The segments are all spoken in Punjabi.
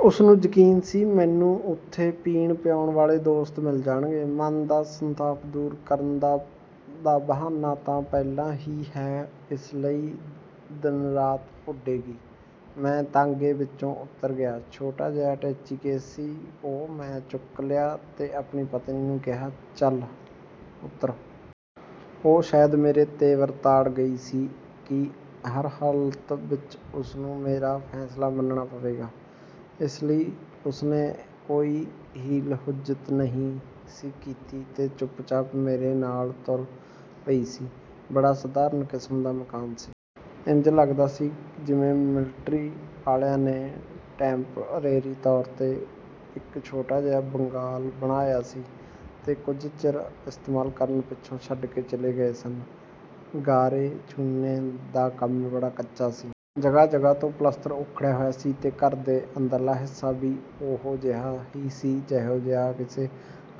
ਉਸਨੂੰ ਯਕੀਨ ਸੀ, ਮੈਨੂੰ ਉੱਥੇ ਪੀਣ-ਪਿਆਉਣ ਵਾਲੇ ਦੋਸਤ ਮਿਲ ਜਾਣਗੇ। ਮਨ ਦਾ ਸੰਤਾਪ ਦੂਰ ਕਰਨ ਦਾ ਬਹਾਨਾ ਤਾਂ ਪਹਿਲਾਂ ਹੈ ਹੀ ਇਸ ਲਈ ਦਿਨ ਰਾਤ ਉੱਡੇਗੀ। ਮੈਂ ਤਾਂਗੇ ਵਿਚੋਂ ਉਤਰ ਗਿਆ। ਛੋਟਾ ਜਿਹਾ ਅਟੈਚੀ ਕੇਸ ਸੀ, ਉਹ ਮੈਂ ਚੁੱਕ ਲਿਆ ਤੇ ਆਪਣੀ ਪਤਨੀ ਨੂੰ ਕਿਹਾ, "ਚੱਲ ਉਤਰ! " ਉਹ ਸ਼ਾਇਦ ਮੇਰੇ ਤੇਵਰ ਤਾੜ ਗਈ ਸੀ ਕਿ ਹਰ ਹਾਲਤ ਵਿਚ ਉਸਨੂੰ ਮੇਰਾ ਫ਼ੈਸਲਾ ਮੰਨਣਾ ਪਵੇਗਾ, ਇਸ ਲਈ ਉਸਨੇ ਕੋਈ ਹੀਲ-ਹੁੱਜਤ ਨਹੀਂ ਸੀ ਕੀਤੀ ਤੇ ਚੁੱਪਚਾਪ ਮੇਰੇ ਨਾਲ ਤੁਰ ਪਈ ਸੀ। ਬੜਾ ਸਾਧਾਰਣ ਕਿਸਮ ਦਾ ਮਕਾਨ ਸੀ। ਇੰਜ ਲੱਗਦਾ ਸੀ ਜਿਵੇਂ ਮਿਲਟਰੀ ਵਾਲਿਆਂ ਨੇ ਟੈਂਪਰੇਰੀ ਤੌਰ 'ਤੇ ਇਕ ਛੋਟਾ ਜਿਹਾ ਬੰਗਾਲ ਬਣਾਇਆ ਸੀ ਤੇ ਕੁਝ ਚਿਰ ਇਸਤੇਮਾਲ ਕਰਨ ਪਿੱਛੋਂ ਛੱਡ ਕੇ ਚਲੇ ਗਏ ਸਨ। ਗਾਰੇ-ਚੂਨੇ ਦਾ ਕੰਮ ਬੜਾ ਕੱਚਾ ਸੀ। ਜਗ੍ਹਾ-ਜਗ੍ਹਾ ਤੋਂ ਪਲਸਤਰ ਉੱਖੜਿਆ ਹੋਇਆ ਸੀ ਤੇ ਘਰ ਦੇ ਅੰਦਰਲਾ ਹਿੱਸਾ ਵੀ ਓਹੋ-ਜਿਹਾ ਹੀ ਸੀ ਜਿਹੋ-ਜਿਹਾ ਕਿਸੇ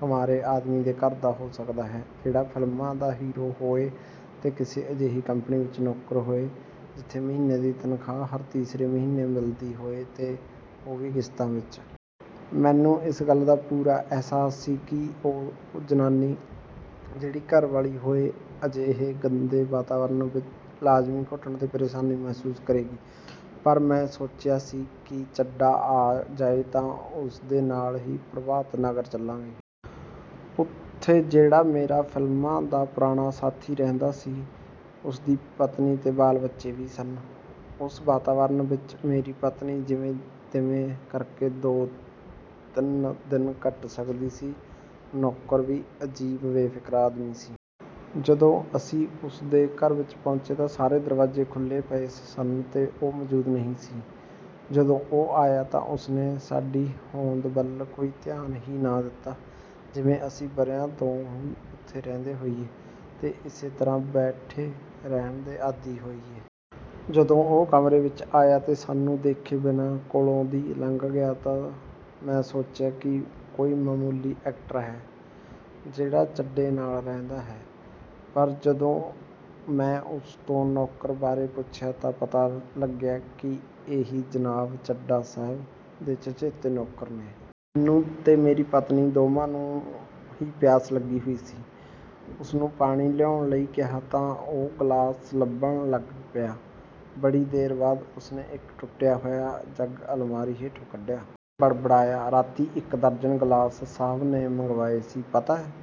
ਕੁਆਰੇ ਆਦਮੀ ਦੇ ਘਰ ਦਾ ਹੋ ਸਕਦਾ ਹੈ, ਜਿਹੜਾ ਫ਼ਿਲਮਾਂ ਦਾ ਹੀਰੋ ਹੋਏ ਤੇ ਕਿਸੇ ਅਜਿਹੀ ਕੰਪਨੀ ਵਿਚ ਨੌਕਰ ਹੋਏ, ਜਿੱਥੇ ਮਹੀਨੇ ਦੀ ਤਨਖ਼ਾਹ ਹਰ ਤੀਸਰੇ ਮਹੀਨੇ ਮਿਲਦੀ ਹੋਏ ਤੇ ਉਹ ਵੀ ਕਿਸ਼ਤਾਂ ਵਿਚ। ਮੈਨੂੰ ਇਸ ਗੱਲ ਦਾ ਪੂਰਾ ਅਹਿਸਾਸ ਸੀ ਕਿ ਉਹ ਜ਼ਨਾਨੀ ਜਿਹੜੀ ਘਰਵਾਲੀ ਹੋਏ ਅਜਿਹੇ ਗੰਦੇ ਵਾਤਾਵਰਣ ਵਿਚ ਲਾਜ਼ਮੀਂ ਘੁਟਨ ਤੇ ਪ੍ਰੇਸ਼ਾਨੀ ਮਹਿਸੂਸ ਕਰੇਗੀ। ਪਰ ਮੈਂ ਸੋਚਿਆ ਸੀ ਕਿ ਚੱਡਾ ਆ ਜਾਏ ਤਾਂ ਉਸਦੇ ਨਾਲ ਹੀ ਪ੍ਰਭਾਤ ਨਗਰ ਚੱਲਾਂਗੇ। ਉੱਥੇ ਜਿਹੜਾ ਮੇਰਾ ਫ਼ਿਲਮਾਂ ਦਾ ਪੁਰਾਣਾ ਸਾਥੀ ਰਹਿੰਦਾ ਸੀ, ਉਸਦੀ ਪਤਨੀ ਤੇ ਬਾਲ-ਬੱਚੇ ਵੀ ਸਨ। ਉਸ ਵਾਤਾਵਾਰਣ ਵਿਚ ਮੇਰੀ ਪਤਨੀ ਜਿਵੇਂ-ਤਿਵੇਂ ਕਰਕੇ ਦੋ-ਤਿੰਨ ਦਿਨ ਕੱਟ ਸਕਦੀ ਸੀ। ਨੌਕਰ ਵੀ ਅਜੀਬ ਬੇਫਿਕਰਾ ਆਦਮੀ ਸੀ। ਜਦੋਂ ਅਸੀਂ ਉਸ ਦੇ ਘਰ ਵਿਚ ਪਹੁੰਚੇ ਤਾਂ ਸਾਰੇ ਦਰਵਾਜ਼ੇ ਖੁੱਲ੍ਹੇ ਪਏ ਸਨ ਤੇ ਉਹ ਮੌਜ਼ੂਦ ਨਹੀਂ ਸੀ। ਜਦੋਂ ਉਹ ਆਇਆ ਤਾਂ ਉਸਨੇ ਸਾਡੀ ਹੋਂਦ ਵੱਲ ਕੋਈ ਧਿਆਨ ਹੀ ਨਾ ਦਿੱਤਾ, ਜਿਵੇਂ ਅਸੀਂ ਵਰ੍ਹਿਆਂ ਤੋਂ ਉੱਥੇ ਹੀ ਰਹਿੰਦੇ ਹੋਈਏ ਤੇ ਇਸੇ ਤਰ੍ਹਾਂ ਬੈਠੇ ਰਹਿਣ ਦੇ ਆਦੀ ਹੋਈਏ। ਜਦੋਂ ਉਹ ਕਮਰੇ ਵਿਚ ਆਇਆ ਤੇ ਸਾਨੂੰ ਦੇਖੇ ਬਿਨਾਂ ਕੋਲੋਂ ਦੀ ਲੰਘ ਗਿਆ ਤਾਂ ਮੈਂ ਸੋਚਿਆ ਕਿ ਕੋਈ ਮਾਮੂਲੀ ਐਕਟਰ ਹੈ, ਜਿਹੜਾ ਚੱਡੇ ਨਾਲ ਰਹਿੰਦਾ ਹੈ। ਪਰ ਜਦੋਂ ਮੈਂ ਉਸ ਤੋਂ ਨੌਕਰ ਬਾਰੇ ਪੁੱਛਿਆ ਤਾਂ ਪਤਾ ਲੱਗਿਆ ਕਿ ਇਹੀ ਜਨਾਬ, ਚੱਡਾ ਸਾਹਬ ਦੇ ਚਚੇਤੇ ਨੌਕਰ ਨੇ। ਮੈਨੂੰ ਤੇ ਮੇਰੀ ਪਤਨੀ ਦੋਵਾਂ ਨੂੰ ਹੀ ਪਿਆਸ ਲੱਗੀ ਹੋਈ ਸੀ। ਉਸਨੂੰ ਪਾਣੀ ਲਿਆਉਣ ਲਈ ਕਿਹਾ ਤਾਂ ਉਹ ਗ਼ਲਾਸ ਲੱਭਣ ਲੱਗ ਪਿਆ। ਬੜੀ ਦੇਰ ਬਾਅਦ ਉਸਨੇ ਇਕ ਟੁੱਟਿਆ ਹੋਇਆ ਜੱਗ ਅਲਮਾਰੀ ਹੇਠੋਂ ਕੱਢਿਆ ਤੇ ਬੜਬੜਾਇਆ, "ਰਾਤੀਂ ਇਕ ਦਰਜਨ ਗ਼ਿਲਾਸ ਸਾਹਬ ਨੇ ਮੰਗਵਾਏ ਸੀ, ਪਤਾ